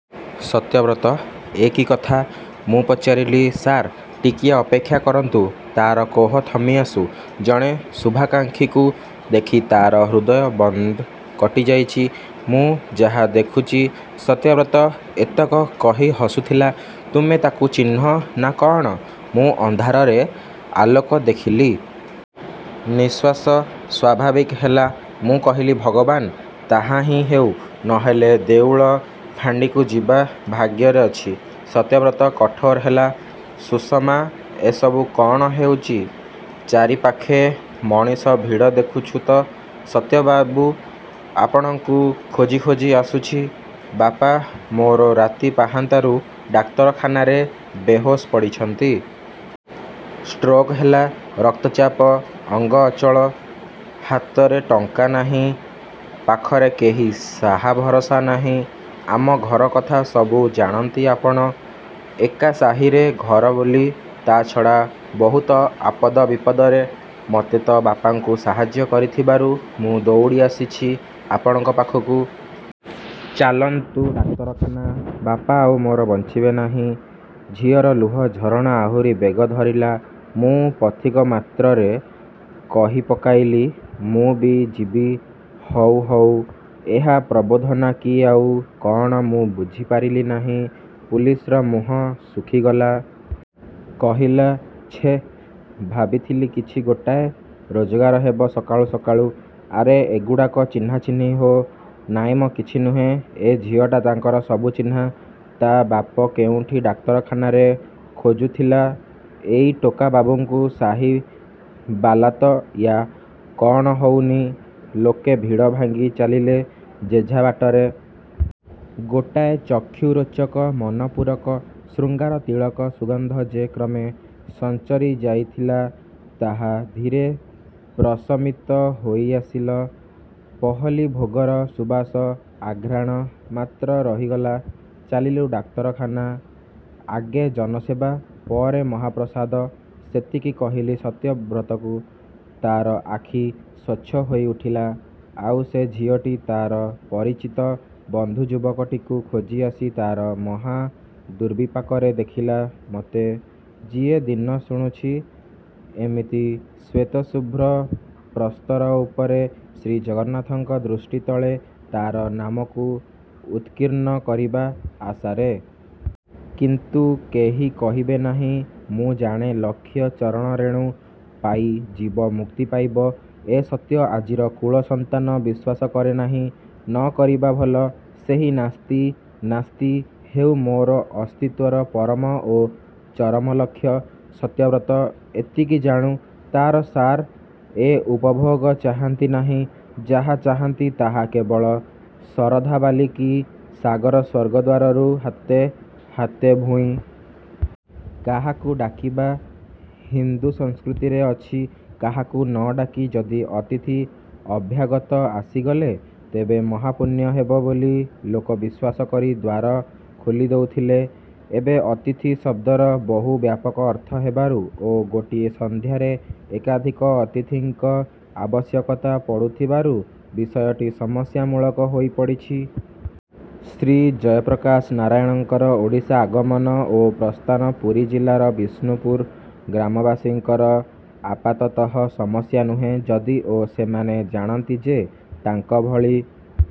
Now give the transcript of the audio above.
-'ସତ୍ୟବ୍ରତ ଏ କି କଥା? ' ମୁଁ ପଚାରିଲି। -ସାର୍ ଟିକିଏ ଅପେକ୍ଷା କରନ୍ତୁ, ତାର କୋହ ଥମିଆସୁ। ଜଣେ ଶୁଭାକାଙ୍କ୍ଷୀକୁ ଦେଖି ତାର ହୃଦୟବନ୍ଧ କଟିଯାଇଛି-ମୁଁ ଯାହା ଦେଖୁଛି। ସତ୍ୟବ୍ରତ ଏତକ କହି ହସୁଥିଲା। -'ତୁମେ ତାକୁ ଚିହ୍ନ ନା କଅଣ? ' ମୁଁ ଅନ୍ଧାରରେ ଆଲୋକ ଦେଖିଲି। ନିଃଶ୍ୱାସ ସ୍ଵାଭାବିକ ହେଲା। ମୁଁ କହିଲି-ଭଗବାନ, ତାହାହିଁ ହେଉ, ନହେଲେ ଦେଉଳ ଫାଣ୍ଡିକୁ ଯିବା ଭାଗ୍ୟରେ ଅଛି। ସତ୍ୟବ୍ରତ କଠୋର ହେଲା-'ସୁଷମା, ଏସବୁ କଅଣ ହେଉଚି? ଚାରିପାଖେ ମଣିଷ ଭିଡ଼ ଦେଖୁଛୁ ତ? ' -'ସତ୍ୟବାବୁ, ଆପଣଙ୍କୁ ଖୋଜି ଖୋଜି ଆସୁଛି। ବାପା ମୋର ରାତି ପାହାନ୍ତାରୁ ଡାକ୍ତରଖାନାରେ ବେହୋସ୍ ପଡ଼ିଛନ୍ତି। ଷ୍ଟ୍ରୋକ ହେଲା। ରକ୍ତଚାପ। ଅଙ୍ଗ ଅଚଳ। ହାତରେ ଟଙ୍କା ନାହିଁ, ପାଖରେ କେହି ସାହା ଭରସା ନାହିଁ। ଆମ ଘର କଥା ସବୁ ଜାଣନ୍ତି ଆପଣ। ଏକା ସାହିରେ ଘର ବୋଲି-ତା' ଛଡ଼ା ବହୁତ ଆପଦ ବିପଦରେ ମତେ ଓ ବାପାଙ୍କୁ ସାହାଯ୍ୟ କରିଥିବାରୁ ମୁଁ ଦଉଡ଼ି ଆସିଛି ଆପଣଙ୍କ ପାଖକୁ। ଚାଲନ୍ତୁ ଡାକ୍ତରଖାନା। ବାପା ଆଉ ମୋର ବଞ୍ଚିବେ ନାହିଁ।। ' ଝିଅର ଲୁହ ଝରଣା ଆହୁରି ବେଗ ଧରିଲା। ମୁଁ ପଥିକ ମାତ୍ରରେ କହିପକାଇଲି-'ମୁଁ ବି ଯିବି, ହଉ- ହଉ- ' ଏହା ପ୍ରବୋଧନା କି ଆଉ କଅଣ ମୁଁ ବୁଝିପାରିଲିନାହିଁ। ପୁଲିସର ମୁହଁ ଶୁଖିଗଲା। କହିଲା-ଛେଃ, ଭାବିଥିଲି କିଛି ଗୋଟାଏ ରୋଜଗାର ହେବ ସକାଳୁ ସକାଳୁ। ଆରେ ଏଗୁଡ଼ାକ ଚିହ୍ନାଚିହ୍ନି ହୋ- 'ନାଇଁମ କିଛି ନୁହେଁ, ଏ ଝିଅଟା ତାଙ୍କର ସବୁ ଚିହ୍ନା। ତା ବାପ କେଉଁଠି ଡାକ୍ତରଖାନାରେ। ଖୋଜୁଥିଲା ଏଇ ଟୋକା ବାବୁଙ୍କୁ। ସାହି ବାଲାତ-ୟା କଅଣ ହଉନି? ' ଲୋକେ ଭିଡ଼ ଭାଙ୍ଗି ଚାଲିଲେ ଯେଝା ବାଟରେ। ଗୋଟାଏ ଚକ୍ଷୁ-ରୋଚକ, ମନପୂରକ ଶୃଙ୍ଗାରତିଳକ ସୁଗନ୍ଧ ଯେ କ୍ରମେ ସଞ୍ଚରିଯାଇଥିଲା, ତାହା ଧୀରେ ପ୍ରଶମିତ ହୋଇଆସିଲ। ପହଲିଭୋଗର ସୁବାସ ଆଘ୍ରାଣ ମାତ୍ର ରହିଗଲା। ଚାଲିଲୁ ଡାକ୍ତରଖାନା। ଆଗେ ଜନସେବା; ପରେ ମହାପ୍ରସାଦ-ସେତିକି କହିଲି ସତ୍ୟବ୍ରତକୁ। ତାର ଆଖି ସ୍ୱଚ୍ଛ ହୋଇଉଠିଲା, ଆଉ ସେ ଝିଅଟି ତାର ପରିଚିତ ବନ୍ଧୁ ଯୁବକଟିକୁ ଖୋଜି ଆସି ତାର ମହା ଦୂର୍ବିପାକରେ ଦେଖିଲା ମତେ, ଯିଏ ଦିନ ଗଣୁଛି ଏମିତି ଶ୍ୱେତ ଶୁଭ୍ର ପ୍ରସ୍ତର ଉପରେ ଶ୍ରୀ ଜଗନ୍ନାଥଙ୍କ ଦୃଷ୍ଟି ତଳେ ତାର ନାମକୁ ଉତ୍କୀର୍ଣ୍ଣ କରିବା ଆଶାରେ। କିନ୍ତୁ କେହି କହିବେ ନାହିଁ, ମୁଁ ଜାଣେ। ଲକ୍ଷ ଚରଣରେଣୁ ପାଇ ଜୀବ ମୁକ୍ତି ପାଇବ, ଏ ସତ୍ୟ ଆଜିର କୁଳ-ସନ୍ତାନ ବିଶ୍ୱାସ କରେନାହିଁ। ନକରିବା ଭଲ। ସେହି ନାସ୍ତି- ନାସ୍ତି ହେଉ ମୋର ଅସ୍ତିତ୍ଵର ପରମ ଓ ଚରମ ଲକ୍ଷ୍ୟ। ସତ୍ୟବ୍ରତ ଏତିକି ଜାଣୁ, ତାର ସାର୍ ଏ ଉପଭୋଗ ଚାହାନ୍ତି ନାହିଁ, ଯାହା ଚାହାନ୍ତି, ତାହା କେବଳ ଶରଧା ବାଲି କି ସାଗର ସ୍ଵର୍ଗଦ୍ଵାରରୁ ହାତେ- ହାତେ ଭୂଇଁ। କାହାକୁଡ଼ାକିବା ହିନ୍ଦୁ ସଂସ୍କୃତିରେ ଅଛି, କାହାକୁ ନଡ଼ାକି ଯଦି ଅତିଥି ଅଭ୍ୟାଗତ ଆସିଗଲେ, ତେବେ ମହାପୁଣ୍ୟ ହେବ ବୋଲି ଲୋକ ବିଶ୍ୱାସ କରି ଦ୍ୱାର ଖୋଲିଦଉଥିଲେ। ଏବେ ଅତିଥି ଶବ୍ଦର ବହୁ ବ୍ୟାପକ ଅର୍ଥ ହେବାରୁ ଓ ଗୋଟିଏ ସନ୍ଧ୍ୟାରେ ଏକାଧିକ ଅତିଥିଙ୍କ ଆବଶ୍ୟକତା ପଡ଼ୁଥିବାରୁ, ବିଷୟଟି ସମସ୍ୟା ମୂଳକ ହୋଇପଡ଼ିଛି। ଶ୍ରୀ ଜୟପ୍ରକାଶ ନାରାୟଣଙ୍କର ଓଡ଼ିଶା ଅଗମନ ଓ ପ୍ରସ୍ଥାନ ପୁରୀ ଜିଲ୍ଲାର ବିଷ୍ଣୁପୁର ଗ୍ରାମବାସୀଙ୍କର ଆପାତତଃ ସମସ୍ୟା ନୁହେଁ, ଯଦିଓ ସେମାନେ ଜାଣନ୍ତି ଯେ, ତାଙ୍କ ଭଳି